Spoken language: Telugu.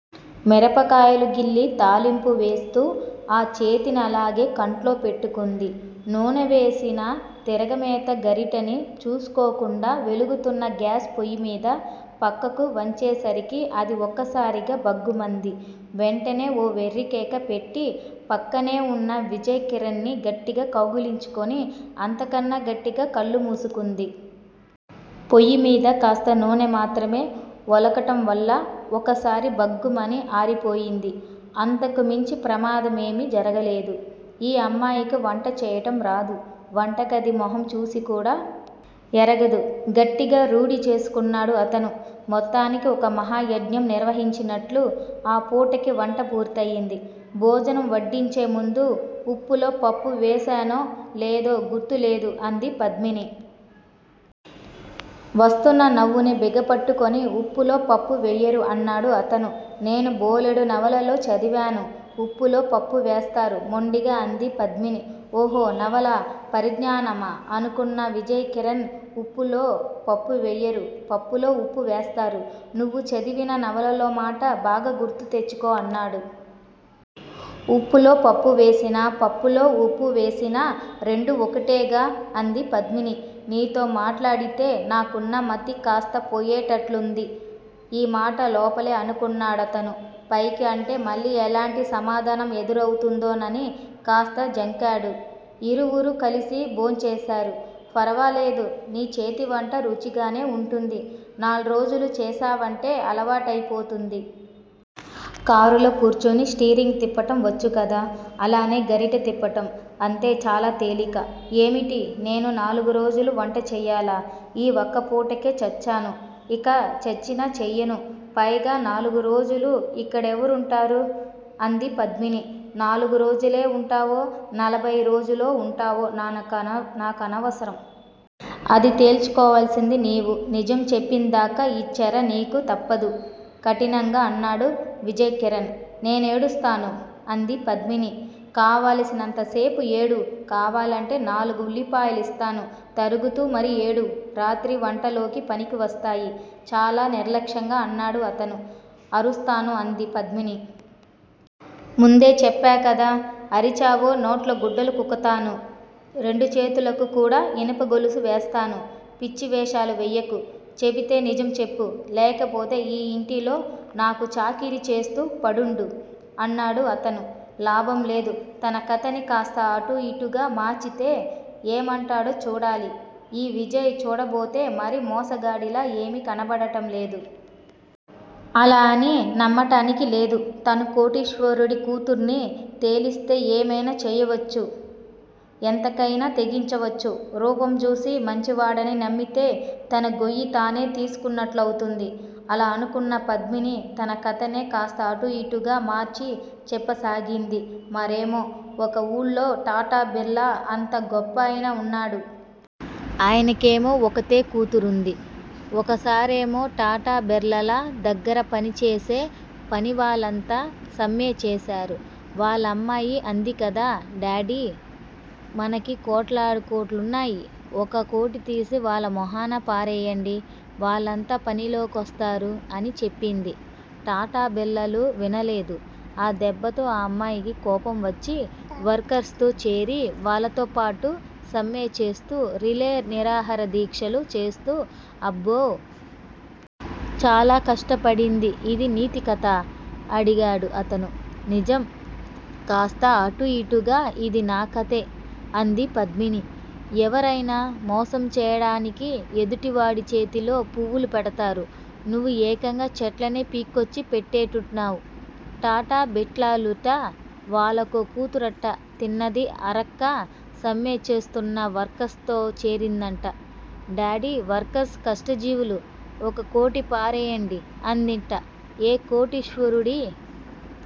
మిరపకాయలు గిల్లి తాలింపు వేస్తూ ఆ చేతినలాగే కంట్లో పెట్టుకుంది. నూనె వేసిన తిరగమోత గరిటని చూసుకోకుండా వెలుగుతున్న గ్యాస్ పొయ్యిమీద పక్కకు వంచేసరికి అది ఒక్కసారిగా భగ్గుమంది. వెంటనే ఓ వెర్రికేక పెట్టి పక్కనేవున్న విజయ్ కిరణ్ ని గట్టిగా కౌగిలించుకుని అంతకన్నా గట్టిగా కళ్ళు మూసుకుంది. పొయ్యిమీద కాస్త నూనె మాత్రమే వొలకటంవల్ల ఒక్కసారి భగ్గుమని ఆరిపోయింది. అంతకు మించి ప్రమాదమేమీ జరగలేదు. ఈ అమ్మాయికి వంట చేయటంరాదు. వంటగది మొహం చూసికూడా ఎరగదు గట్టిగా రూఢీ చేసుకున్నాడు అతను. మొత్తానికి ఒక మహాయజ్ఞం నిర్వహించినట్లు ఆ పూటకి వంట పూర్తయింది. భోజనం వడ్డించే ముందు ఉప్పులో పప్పు వేశానో లేదో గుర్తులేదు అంది పద్మిని. వస్తున్న నవ్వుని బిగపట్టుకుని ఉప్పులో పప్పు వేయరు అన్నాడు అతను. నేను బోలెడు నవలల్లో చదివాను. ఉప్పులో పప్పు వేస్తారు మొండిగా అంది పద్మిని. ఓహో నవలా పరిజ్ఞానమా అనుకొన్న విజయ్ కిరణ్ ఉప్పులో పప్పువేయరు. పప్పులో ఉప్పు వేస్తారు. నువ్వు చదివిన నవలల్లోమాట బాగా గుర్తుతెచ్చుకో అన్నాడు. ఉప్పులో పప్పువేసినా, పప్పులో వుప్పువేసినా రెండూ ఒకటేగా. అంది పద్మిని. నీతో మాట్లాడితే నాకున్నమతి కాస్తా పోయేటట్లుంది. ఈమాట లోపలే అనుకున్నాడతను. పైకి అంటే మళ్ళీ ఎలాంటి సమాధానం ఎదురవుతుందోనని కాస్త జంకాడు. ఇరువురూ కలిసి భోంచేశారు. ఫరవాలేదు. నీ చేతివంట రుచిగానే వుంటుంది. నాల్రోజులు చేశావంటే అలవాటయిపోతుంది. కారులో కూర్చుని స్టీరింగ్ తిప్పటం వచ్చుకదా! అలానే గరిట తిప్పటం. అంతే చాలా తేలిక. ఏమిటి? నేను నాలుగురోజులు వంటచేయాలా? ఈ వక్కపూటకే చచ్చాను. ఇక చచ్చినా చేయను. పైగా నాలుగురోజులు ఇక్కడెవరుంటారు. అంది పద్మిని. నాలుగు రోజులే వుంటావో, నలభయి రోజులో వుంటావో నాకనవ నాకనవసరం. అది తేల్చుకోవలసింది నీవు. నిజం చెప్పిందాకా ఈ చెర నీకు తప్పదు. కఠినంగా అన్నాడు విజయ్ కిరణ్. నేనేడుస్తాను. అంది పద్మిని. కావలసినంతసేపు ఏడువ్. కావాలంటే నాలుగు ఉల్లిపాయలిస్తాను. తరుగుతూ మరీ ఏడువ్. రాత్రి వంటలోకి పనికివస్తాయి. చాలా నిర్లక్ష్యంగా అన్నాడు అతను. అరుస్తాను. అంది పద్మిని. ముందే చెప్పాకదా! అరిచావో నోట్లో గుడ్డలు కుక్కుతాను. రెండు చేతులకు కూడా ఇనుపగొలుసు వేస్తాను. పిచ్చివేషాలు వేయకు. చెబితే నిజం చెప్పు. లేకపోతే ఈ ఇంటిలో నాకు చాకిరీచేస్తూ పడుండు. అన్నాడు అతను. లాభంలేదు. తనకధని కాస్త అటూ ఇటూగా మార్చితే ఏమంటాడో చూడాలి. ఈ విజయ్ చూడబోతే మరీ మోసగాడిలా ఏమీ కనబడటంలేదు. అలా అని నమ్మటానికి లేదు. తను కోటీశ్వరుడి కూతుర్ని తేలిస్తే ఏమైనా చేయవచ్చు, ఎంతకయినా తెగించవచ్చు. రూపంచూసి మంచివాడని నమ్మితే తన గొయ్యి తానే తీసుకున్నట్లవుతుంది. అలా అనుకున్న పద్మిని తన కథనే కాస్త అటూ ఇటూగా మార్చి చెప్పసాగింది. మరేమో! ఒక ఊళ్ళో టాటా, బిర్లా అంత గొప్పాయన ఉన్నాడు. ఆయనకేమో ఒక్కతే కూతురుంది. ఒకసారేమో టాటా, బిర్లాల దగ్గర పనిచేసే పనివాళ్ళంతా సమ్మెచేశారు. వాళ్ళమ్మాయి అందికదా డాడీ! మనకి కోటానుకోట్లున్నాయి. ఒక కోటితీసి వాళ్ళ మొహాన పారేయండి వాళ్ళంతా పనిలోకొస్తారు. అని చెప్పింది. టాటా, బిర్లాలు వినలేదు. ఆ దెబ్బతో ఆ అమ్మాయికి కోపంవచ్చి వర్కర్స్ తో చేరి వాళ్ళతోపాటు సమ్మెచేస్తూ, రిలే నిరాహారదీక్షలు చేస్తూ అబ్బో! చాలా కష్టపడింది ఇది నీతి కథా! అడిగాడు అతను. నిజం. కాస్త అటూ ఇటూగా ఇది నా కధే. అంది పద్మిని. ఎవరయినా మోసంచేయటానికి ఎదుటివాడిచేతిలో పువ్వులు పెడతారు. నువ్వు ఏకంగా చెట్లనే పీక్కొచ్చి పెట్టేట్టున్నావ్. టాటా, బిట్లాలుట వాళ్ళకో కూతురట తిన్నది అరక్క సమ్మెచేస్తున్న వర్కర్స్ తో చేరిందంట. డాడీ! వర్కర్స్ కష్టజీవులు. ఒకకోటి పారేయండి అందిం ట. ఏ కోటీశ్వరుడి